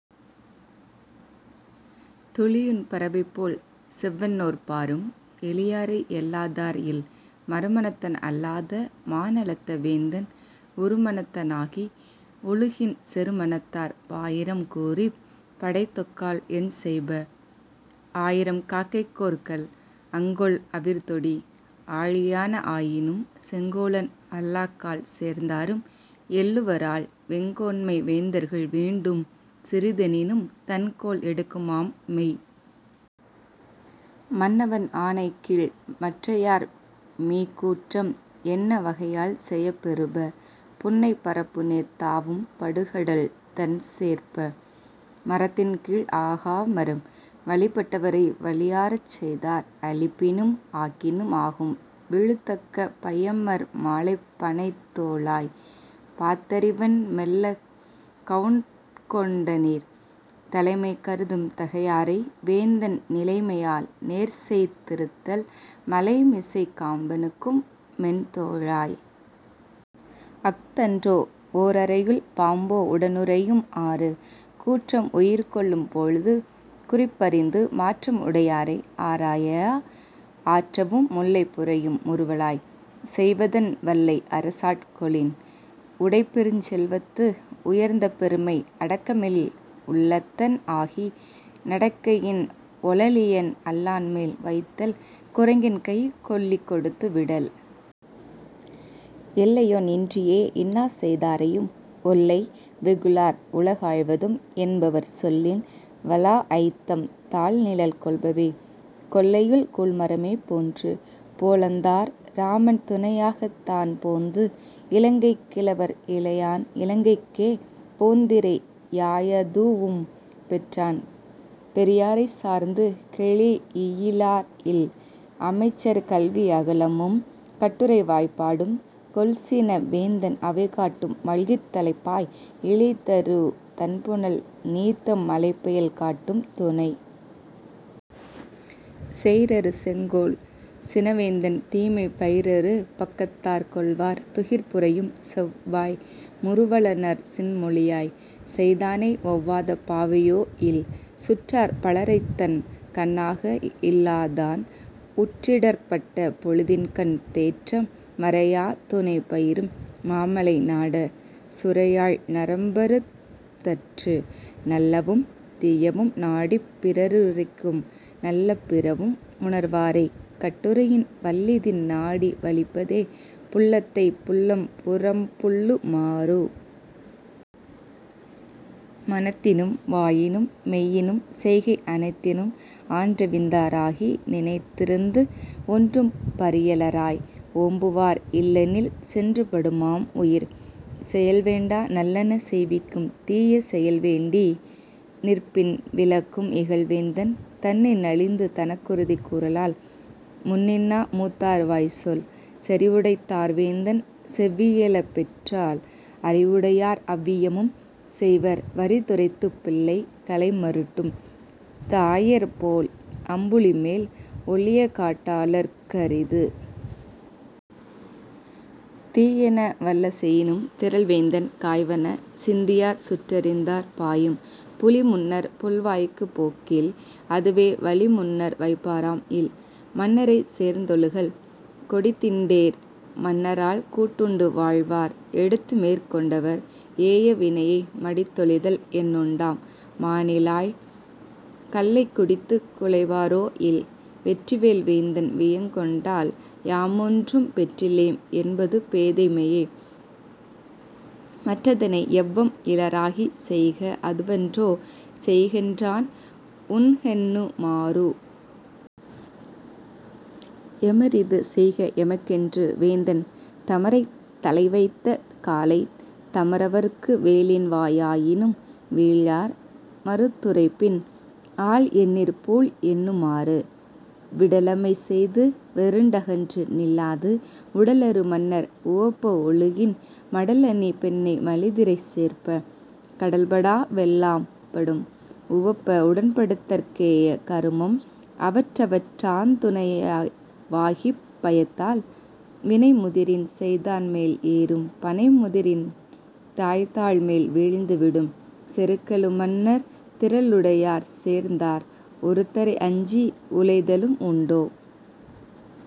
துளியுண் பறவைபோல் செவ்வன்நோற் பாரும் 'எளியாரை எள்ளாதார் இல்'. மறுமனத்தன் அல்லாத மாநலத்த வேந்தன் உறுமனத்த னாகி ஒழுகின் செறுமனத்தார் பாயிரம் கூறிப் படைதொக்கால் என்செய்ப? 'ஆயிரம் காக்கைக்கோர் கல்'. அங்கோல் அவிர்தொடி! ஆழியான ஆயினும் செங்கோலன் அல்லாக்கால் சேர்ந்தாரும் எள்ளுவரால் வெங்கோன்மை வேந்தர்கள் வேண்டும் சிறிதெனினும் 'தண்கோல் எடுக்குமாம் மெய்'. மன்னவன் ஆணைக்கீழ் மற்றையார் மீக்கூற்றம் என்ன வகையால் செயப் பெறுப? புன்னைப் பரப்புநீர் தாவும் படுகடல் தண்சேர்ப்ப! 'மரத்தின்கீழ் ஆகா மரம்'. வழிபட் டவரை வலியராச் செய்தார் அழிப்பினும் ஆக்கினும் ஆகும் விழுத்தக்க பையமர் மாலைப் பணைத்தோளாய்! பாத்தறிவென் மெல்லக் 'கவுட்கொண்ட நீர்'. தலைமை கருதும் தகையாரை வேந்தன் நிலைமையால் நேர்செய் திருத்தல் மலைமிசைக் காம்பனுக்கும் மென்தோளாய்! அஃதன்றோ 'ஓரறையுள் பாம்போ உடனுறையும் ஆறு'. கூற்றம் உயிர்கொள்ளும் போழ்து குறிப்பறிந்து மாற்றம் உடையாரை ஆராயா ஆற்றவும் முல்லை புரையும் முறுவலாய்! 'செய்வதென் வல்லை அரசாட் கொளின்? ' உடைப்பெருஞ் செல்வத்து உயர்ந்த பெருமை அடக்கமில் உள்ளத்தன் ஆகி நடக்கையின் ஒளளியன் அல்லான்மேல் வைத்தல் 'குரங்கின்கைக் கொள்ளி கொடுத்து விடல்'. எல்லையொன் இன்றியே இன்னாசெய் தாரையும் ஒல்லை வெகுளார் உலகாள்வதும் என்பவர் சொல்லின் வளாஅய்த்தம் தாள்நிழல் கொள்பவே 'கொல்லையுள் கூழ்மரமே போன்று'. போலந்தார் இராமன் துணையாகத் தான்போந்து இலங்கைக் கிழவற் இளையான் இலங்கைக்கே போந்திறை யாயதூஉம் பெற்றான் 'பெரியாரைச் சார்ந்து கெழீஇயிலார் இல்'.. அமைச்சர் கல்வி அகலமும் கட்டுரை வாய்பாடும் கொல்சின வேந்தன் அவைகாட்டும் மல்கித் தலைப்பாய் இழிதரு தண்புனல் 'நீத்தம் மலைப்பெயல் காட்டும் துணை'. செயிரறு செங்கோல் சினவேந்தன் தீமை பயிரறு பக்கத்தார் கொள்வர் துகிர்புரையும் செவ்வாய் முறுவலநற் சின்மொழியாய்! 'செய்தானை ஒவ்வாத பாவையோ இல்'. சுற்றார் பலரைத்தன் கண்ணாக இல்லாதான் உற்றிடர்ப் பட்ட பொழுதின்கண் தேற்றம் மரையா துணைபயிரும் மாமலை நாட! 'சுரையாழ் நரம்பறுத் தற்று'. நல்லவும் தீயவும் நாடிப் பிறருரைக்கும் நல்ல பிறவும் உணர்வாரைக் கட்டுரையின் வல்லிதின் நாடி வலிப்பதே 'புல்லத்தைப் புல்லம் புறம்புல்லு மாறு'. மனத்தினும் வாயினும் மெய்யினும் செய்கை அனைத்தினும் ஆன்றவிந்தா ராகி நினைத்திருந்து ஒன்றும் பரியலராய் 'ஓம்புவார் இல்லெனில் சென்று படுமாம் உயிர்'. செயல்வேண்டா நல்லன செய்விக்கும் தீய செயல்வேண்டி நிற்பின் விலக்கும் இகல்வேந்தன் தன்னை நலிந்து தனக்குறுதி கூறலால் 'முன்னின்னா மூத்தார்வாய்ச் சொல்'. செறிவுடைத் தார்வேந்தன் செவ்வியல பெற்றால் அறிவுடையார் அவ்வியமும் செய்வர் வறிதுரைத்துப் பிள்ளை களைமருட்டும் தாயர்போல் அம்புலிமேல் 'ஒள்ளியகாட் டாளர்க் அரிது'. தீயன வல்ல செயினும் திறல்வேந்தன் காய்வன சிந்தியார் சுற்றறிந்தார் பாயும் 'புலிமுன்னர் புல்வாய்க்குப் போக்கில் அதுவே வளிமுன்னர் வைப்பாரம் இல்'.. மன்னரைச் சேர்ந்தொழுகல் கொடித்திண்டேர் மன்னரால் கூட்டுண்டு வாழ்வார் எடுத்துமேற் கொண்டவர் ஏய வினையை மடித்தொழிதல் என்னுண்டாம்? மாணிழாய்! 'கள்ளைக் குடித்துக் குழைவாரோ இல்'. வெற்றிவேல் வேந்தன் வியங்கொண்டால் யாமொன்றும் பெற்றிலேம் என்பது பேதைமையே மற்றதனை எவ்வம் இலராகிச் செய்க அதுவன்றோ 'செய்கென்றான் உண்கென்னு மாறு'. எமரிது செய்க எமக்கென்று வேந்தன் தமரைத் தலைவைத்த காலைத் தமரவற்கு வேலின்வா யாயினும் வீழார் மறுத்துரைப்பின் 'ஆல்என்னிற் பூல்என்னு மாறு'. விடலமை செய்து வெருண்டகன்று நில்லாது உடலரு மன்னர் உவப்ப ஒழுகின் மடலணி பெண்ணை மலிதிரை சேர்ப்ப! 'கடல்படா வெல்லாம் படும்'. உவப்ப உடன்படுத்தற் கேய கருமம் அவற்றவற் றாந்துணைய வாகிப் பயத்தால் வினைமுதிரின் செய்தான்மேல் ஏறும் பனைமுதிரின் தாய்தாள்மேல் வீழ்ந்து விடும்'. செருக்கெழு மன்னர் திறலுடையார் சேர்ந்தார் ஒருத்தரை அஞ்சி உலைதலும் உண்டோ?